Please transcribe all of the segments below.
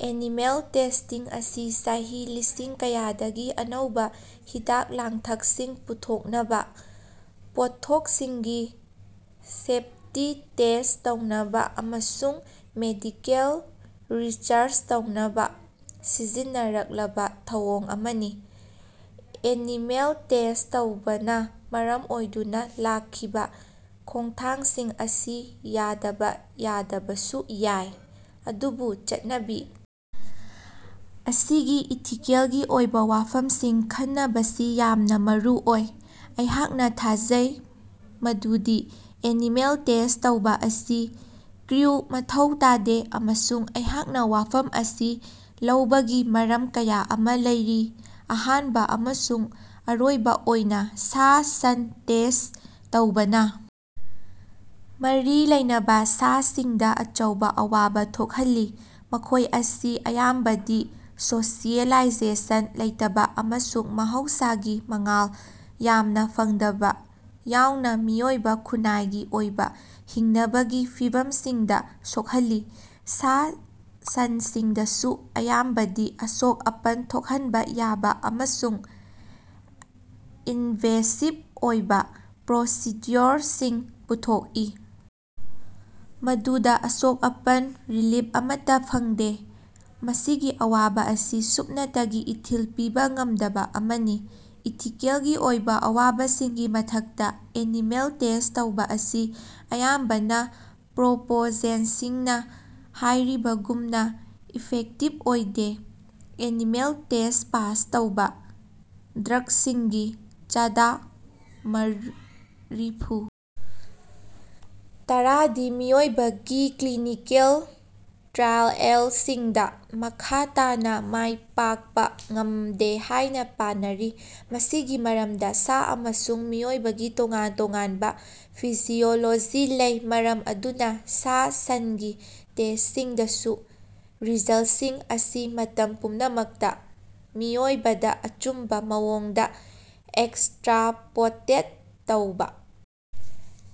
Animal testing ꯑꯁꯤ ꯆꯍꯤ ꯂꯤꯁꯤꯡ ꯀꯌꯥꯗꯒꯤ ꯑꯅꯧꯕꯥ ꯍꯤꯗꯥꯛ-ꯂꯥꯡꯊꯛꯁꯤꯡ ꯄꯨꯊꯣꯛꯅꯕꯥ, ꯄꯣꯠꯊꯣꯛꯁꯤꯡꯒꯤ ꯁꯦꯞꯇꯤ ꯇꯦꯁ ꯇꯧꯅꯕꯥ ꯑꯃꯁꯨꯡ ꯃꯦꯗꯤꯀꯦꯜ ꯔꯤꯁꯔꯆ ꯇꯧꯅꯕꯥ ꯁꯤꯖꯤꯟꯅꯔꯛꯂꯕꯥ ꯊꯧꯑꯣꯡ ꯑꯃꯅꯤ꯫ ꯑꯦꯅꯤꯃꯦꯜ ꯇꯦꯁ ꯇꯧꯕꯅꯥ ꯃꯔꯝ ꯑꯣꯏꯗꯨꯅꯥ ꯂꯥꯛꯈꯤꯕꯥ ꯈꯣꯡꯊꯥꯡꯁꯤꯡ ꯑꯁꯤ ꯌꯥꯗꯕꯥ ꯌꯥꯗꯕꯁꯨ ꯌꯥꯏ, ꯑꯗꯨꯕꯨ ꯆꯠꯅꯕꯤ ꯑꯁꯤꯒꯤ ꯏꯊꯤꯀꯦꯜꯒꯤ ꯑꯣꯏꯕꯥ ꯋꯥꯐꯝꯁꯤꯡ ꯈꯟꯅꯕꯁꯤ ꯌꯥꯝꯅꯥ ꯃꯔꯨꯑꯣꯏ꯫ ꯑꯩꯍꯥꯛꯅꯥ ꯊꯥꯖꯩ ꯃꯗꯨꯗꯤ ꯑꯦꯅꯤꯃꯦꯜ ꯇꯦꯁ ꯇꯧꯕꯥ ꯑꯁꯤ ꯀ꯭ꯔꯤꯎ ꯃꯊꯧ ꯇꯥꯗꯦ ꯑꯃꯁꯨꯡ ꯑꯩꯍꯥꯛꯅꯥ ꯋꯥꯐꯝ ꯑꯁꯤ ꯂꯧꯕꯒꯤ ꯃꯔꯝ ꯀꯌꯥ ꯑꯃꯥ ꯂꯩꯔꯤ꯫ ꯑꯍꯥꯟꯕꯥ ꯑꯃꯁꯨꯡ ꯑꯔꯣꯏꯕꯥ ꯑꯣꯏꯅꯥ, ꯁꯥ-ꯁꯟ ꯇꯦꯁ ꯇꯧꯕꯅꯥ ꯃꯔꯤ ꯂꯩꯅꯕꯥ ꯁꯥꯁꯤꯡꯗꯥ ꯑꯆꯧꯕꯥ ꯑꯋꯥꯕꯥ ꯊꯣꯛꯍꯜꯂꯤ꯫ ꯃꯈꯣꯏ ꯑꯁꯤ ꯑꯌꯥꯝꯕꯗꯤ ꯁꯣꯁꯤꯑꯦꯂꯥꯏꯖꯦꯁꯟ ꯂꯩꯇꯕꯥ ꯑꯃꯁꯨꯡ ꯃꯍꯧꯁꯥꯒꯤ ꯃꯉꯥꯜ ꯌꯥꯝꯅꯥ ꯐꯪꯗꯕꯥ ꯌꯥꯎꯅꯥ ꯃꯤꯑꯣꯏꯕꯥ ꯈꯨꯟꯅꯥꯏꯒꯤ ꯑꯣꯏꯕꯥ ꯍꯤꯡꯅꯕꯒꯤ ꯐꯤꯚꯝꯁꯤꯡꯗꯥ ꯁꯣꯛꯍꯜꯂꯤ꯫ ꯁꯥ-ꯁꯟꯁꯤꯡꯗꯁꯨ ꯑꯌꯥꯝꯕꯗꯤ ꯑꯁꯣꯛ-ꯑꯄꯟ ꯊꯣꯛꯍꯟꯕꯥ ꯌꯥꯕꯥ ꯑꯃꯁꯨꯡ ꯏꯟꯚꯦꯁꯤꯞ ꯑꯣꯏꯕꯥ ꯄ꯭ꯔꯣꯁꯤꯗ꯭ꯌꯨꯑꯣꯔꯁꯤꯡ ꯄꯥꯡꯊꯣꯛꯏ, ꯃꯗꯨꯗꯥ ꯑꯁꯣꯛ-ꯑꯄꯟ ꯔꯤꯂꯤꯞ ꯑꯃꯠꯇꯥ ꯐꯪꯗꯦ꯫ ꯃꯁꯤꯒꯤ ꯑꯋꯥꯕꯥ ꯑꯁꯤ ꯁꯨꯞꯅꯇꯒꯤ ꯏꯊꯤꯜ ꯄꯤꯕꯥ ꯉꯝꯗꯕꯥ ꯑꯃꯅꯤ꯫ ꯏꯊꯤꯀꯦꯜꯒꯤ ꯑꯣꯏꯕꯥ ꯑꯋꯥꯕꯁꯤꯡꯒꯤ ꯃꯊꯛꯇꯥ, ꯑꯦꯅꯤꯃꯦꯜ ꯇꯦꯁ ꯇꯧꯕꯥ ꯑꯁꯤ ꯑꯌꯥꯝꯕꯅꯥ ꯄ꯭ꯔꯣꯄꯣꯖꯦꯟꯁꯤꯡꯅꯥ ꯍꯥꯏꯔꯤꯕꯒꯨꯝꯅꯥ ꯏꯐꯦꯛꯇꯤꯞ ꯑꯣꯏꯗꯦ꯫ ꯑꯦꯅꯤꯃꯦꯜ ꯇꯦꯁ ꯄꯥꯁ ꯇꯧꯕꯥ ꯗ꯭ꯔꯛꯁꯤꯡꯒꯤ ꯆꯥꯗꯥ ꯃꯔꯤꯐꯨ ꯇꯔꯥꯗꯤ ꯃꯤꯑꯣꯏꯕꯒꯤ ꯀ꯭ꯂꯤꯅꯤꯀꯦꯜ ꯇ꯭ꯔꯥꯏꯑꯦꯜꯁꯤꯡꯗꯥ ꯃꯈꯥ ꯇꯥꯅꯥ ꯃꯥꯏ ꯄꯥꯛꯄꯥ ꯉꯝꯗꯦ ꯍꯥꯏꯅꯥ ꯄꯥꯅꯔꯤ꯫ ꯃꯁꯤꯒꯤ ꯃꯔꯝꯗꯤ ꯁꯥ ꯑꯃꯁꯨꯡ ꯃꯤꯑꯣꯏꯕꯒꯤ ꯇꯣꯉꯥꯟ ꯇꯣꯉꯥꯟꯕꯥ ꯐꯤꯖꯤꯑꯣꯂꯣꯖꯤ ꯂꯩ, ꯃꯔꯝ ꯑꯗꯨꯅꯥ ꯁꯥ-ꯁꯟꯒꯤ ꯇꯦꯁꯁꯤꯡꯗꯒꯤ ꯔꯤꯖꯜꯁꯤꯡ ꯑꯁꯤ ꯃꯇꯝ ꯄꯨꯝꯅꯃꯛꯇꯥ ꯃꯤꯑꯣꯏꯕꯗꯥ ꯑꯆꯨꯝꯕꯥ ꯃꯑꯣꯡꯗꯥ ꯑꯦꯛꯁꯇ꯭ꯔꯥꯄꯣꯂꯦꯠ ꯇꯧꯕꯥ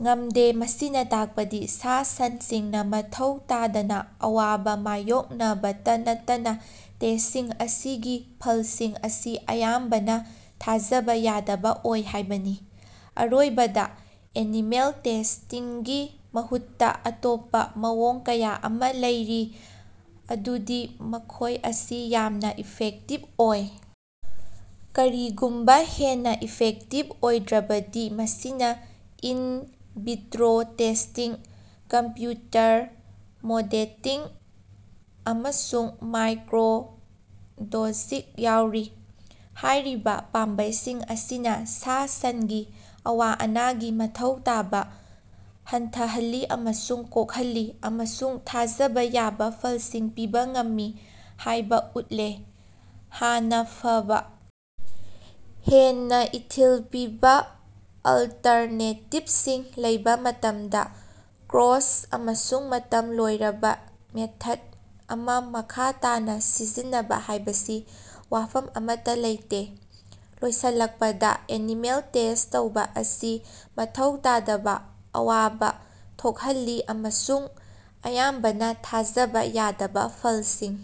ꯉꯝꯗꯦ꯫ ꯃꯁꯤꯅꯥ ꯇꯥꯛꯄꯗꯤ ꯁꯥ-ꯁꯟꯁꯤꯡꯅꯥ ꯃꯊꯧ ꯇꯥꯗꯅꯥ ꯑꯋꯥꯕꯥ ꯃꯥꯌꯣꯛꯅꯕꯇꯥ ꯅꯠꯇꯅꯥ ꯇꯦꯁꯁꯤꯡ ꯑꯁꯤꯒꯤ ꯐꯜꯁꯤꯡ ꯑꯁꯤ ꯑꯌꯥꯝꯕꯅꯥ ꯊꯥꯖꯕꯥ ꯌꯥꯗꯕꯥ ꯑꯣꯏ ꯍꯥꯏꯕꯅꯤ꯫ ꯑꯔꯣꯏꯕꯗꯥ, ꯑꯦꯅꯤꯃꯦꯜ ꯇꯦꯁꯇꯤꯡꯒꯤ ꯃꯍꯨꯠꯇꯥ ꯑꯇꯣꯞꯄꯥ ꯃꯑꯣꯡ ꯀꯌꯥ ꯑꯃꯥ ꯂꯩꯔꯤ ꯃꯗꯨꯗꯤ ꯃꯈꯣꯏ ꯑꯁꯤ ꯌꯥꯝꯅꯥ ꯏꯐꯦꯛꯇꯤꯕ ꯑꯣꯏ, ꯀꯔꯤꯒꯨꯝꯕꯥ ꯍꯦꯟꯅꯥ ꯏꯐꯦꯛꯇꯤꯕ ꯑꯣꯏꯗ꯭ꯔꯕꯗꯤ ꯃꯁꯤꯗꯥ in vitro testing, computer modelling ꯑꯃꯁꯨꯡ ꯃꯥꯏꯀ꯭ꯔꯣꯗꯣꯖꯤꯡ ꯌꯥꯎꯔꯤ꯫ ꯍꯥꯏꯔꯤꯕꯥ ꯄꯥꯝꯕꯩꯁꯤꯡ ꯑꯁꯤꯅꯥ ꯁꯥ-ꯁꯟꯒꯤ ꯑꯋꯥ-ꯑꯅꯥꯒꯤ ꯃꯊꯧ ꯇꯥꯕꯥ ꯍꯟꯊꯍꯜꯂꯤ ꯑꯃꯁꯨꯡ ꯀꯣꯛꯍꯜꯂꯤ ꯑꯃꯁꯨꯡ ꯊꯥꯖꯕꯥ ꯌꯥꯕꯥ ꯐꯜꯁꯤꯡ ꯄꯤꯕꯥ ꯉꯝꯃꯤ ꯍꯥꯏꯕꯥ ꯎꯠꯂꯦ꯫ ꯍꯦꯟꯅꯥ ꯐꯕꯥ, ꯍꯦꯟꯅꯥ ꯏꯊꯤꯜ ꯄꯤꯕꯥ ꯑꯜꯇꯔꯅꯦꯇꯤꯕꯁꯤꯡ ꯂꯩꯕꯥ ꯃꯇꯝꯗꯥ ꯀ꯭ꯔꯣꯁ ꯑꯃꯁꯨꯡ ꯃꯇꯝ ꯂꯣꯏꯔꯕꯥ ꯃꯦꯊꯠ ꯑꯃꯥ ꯃꯈꯥ ꯇꯥꯅꯥ ꯁꯤꯖꯤꯟꯅꯕꯥ ꯍꯥꯏꯕꯁꯤ ꯋꯥꯐꯝ ꯑꯃꯠꯇꯥ ꯂꯩꯇꯦ꯫ ꯂꯣꯏꯁꯤꯜꯂꯛꯄꯗꯥ, ꯑꯦꯅꯤꯃꯦꯜ ꯇꯦꯁ ꯇꯧꯕꯥ ꯑꯁꯤ ꯃꯊꯧ ꯇꯥꯗꯕꯥ ꯑꯋꯥꯕꯥ ꯊꯣꯛꯍꯜꯂꯤ ꯑꯃꯁꯨꯡ ꯑꯌꯥꯝꯕꯅꯥ ꯊꯥꯖꯕꯥ ꯌꯥꯗꯕꯥ ꯐꯜꯁꯤꯡ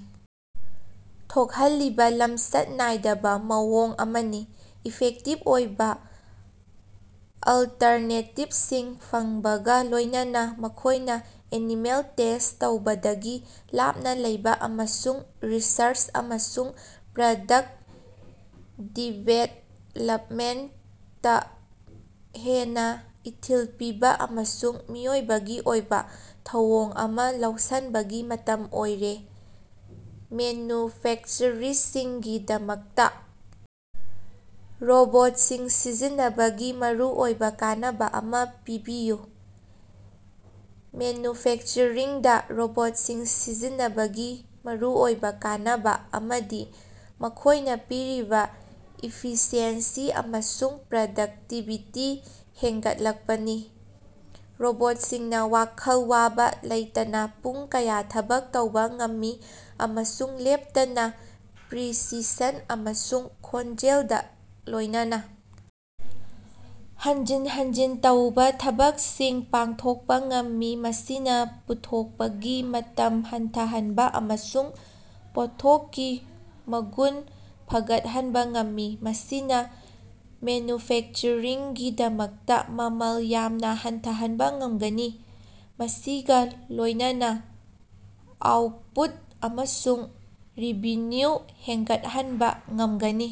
ꯊꯣꯛꯍꯜꯂꯤꯕꯥ ꯂꯝꯆꯠ ꯅꯥꯏꯗꯕꯥ ꯊꯧꯑꯣꯡ ꯑꯃꯅꯤ꯫ ꯏꯐꯦꯛꯇꯤꯕ ꯑꯣꯏꯕꯥ ꯑꯜꯇꯔꯅꯦꯇꯤꯕꯁꯤꯡ ꯐꯪꯕꯒꯥ ꯂꯣꯏꯅꯅꯥ ꯑꯩꯈꯣꯏꯅꯥ ꯑꯦꯅꯤꯃꯦꯜ ꯇꯦꯁ ꯇꯧꯕꯗꯒꯤ ꯂꯥꯞꯅꯥ ꯂꯩꯕꯥ ꯑꯃꯁꯨꯡ ꯔꯤꯁꯔꯆ ꯑꯃꯁꯨꯡ ꯄ꯭ꯔꯗꯛꯇ ꯗꯤꯕꯦꯂꯞꯃꯦꯟꯇꯗꯥ ꯍꯦꯟꯅꯥ ꯏꯊꯤꯜ ꯄꯤꯕꯥ ꯑꯃꯁꯨꯡ ꯃꯤꯑꯣꯏꯕꯒꯤ ꯑꯣꯏꯕꯥ ꯊꯧꯑꯣꯡ ꯑꯃꯥ ꯂꯧꯁꯤꯟꯕꯒꯤ ꯃꯇꯝ ꯑꯣꯏꯔꯦ꯫ ꯃꯦꯅꯨꯐꯦꯛꯆꯔꯤꯡꯒꯤꯗꯃꯛꯇꯥ ꯔꯣꯕꯣꯠꯁꯤꯡ ꯁꯤꯖꯤꯟꯅꯕꯒꯤ ꯃꯔꯨꯑꯣꯏꯕꯥ ꯀꯥꯟꯅꯕꯥ ꯑꯃꯥ ꯄꯟꯕꯤꯌꯨ꯫ ꯃꯦꯅꯨꯐꯦꯛꯆꯔꯤꯡꯗꯥ ꯔꯣꯕꯣꯠꯁꯤꯡ ꯁꯤꯖꯤꯟꯅꯕꯒꯤ ꯃꯔꯨꯑꯣꯏꯕꯥ ꯀꯥꯟꯅꯕꯥ ꯑꯃꯗꯤ ꯃꯈꯣꯏꯅꯥ ꯄꯤꯔꯤꯕꯥ ꯏꯐꯤꯁꯤꯑꯦꯟꯁꯤ ꯑꯃꯁꯨꯡ ꯄ꯭ꯔꯗꯛꯇꯤꯕꯤꯇꯤ ꯍꯦꯟꯒꯠꯂꯛꯄꯅꯤ꯫ ꯔꯣꯕꯣꯠꯁꯤꯡꯅꯥ ꯋꯥꯈꯜ ꯋꯥꯕꯥ ꯂꯩꯇꯅꯥ ꯄꯨꯡ ꯀꯌꯥ ꯊꯕꯛ ꯇꯧꯕꯥ ꯉꯝꯃꯤ ꯑꯃꯁꯨꯡ ꯂꯦꯞꯇꯅꯥ ꯄ꯭ꯔꯤꯁꯤꯁꯟ ꯑꯃꯁꯨꯡ ꯈꯣꯡꯖꯦꯜꯒꯥ ꯂꯣꯏꯅꯅꯥ ꯍꯟꯖꯤꯟ ꯍꯟꯖꯤꯟ ꯇꯧꯕꯥ ꯊꯕꯛꯁꯤꯡ ꯄꯥꯡꯊꯣꯛꯄꯥ ꯉꯝꯃꯤ, ꯃꯁꯤꯅꯥ ꯄꯨꯊꯣꯛꯄꯒꯤ ꯃꯇꯝ ꯍꯟꯊꯍꯟꯕꯥ ꯑꯃꯁꯨꯡ ꯄꯣꯠꯊꯣꯛꯀꯤ ꯃꯒꯨꯟ ꯐꯒꯠꯍꯟꯕꯥ ꯉꯝꯃꯤ꯫ ꯃꯁꯤꯅꯥ ꯃꯦꯅꯨꯐꯦꯛꯆꯔꯒꯤꯗꯃꯛꯇꯥ ꯃꯃꯜ ꯌꯥꯝꯅꯥ ꯍꯟꯊꯍꯟꯕꯥ ꯉꯝꯒꯅꯤ, ꯃꯁꯤꯒꯥ ꯂꯣꯏꯅꯅꯥ ꯑꯥꯎꯠꯄꯨꯠ ꯑꯃꯁꯨꯡ ꯔꯦꯚꯤꯅ꯭ꯌꯨ ꯍꯦꯟꯒꯠꯍꯟꯕꯥ ꯉꯝꯒꯅꯤ꯫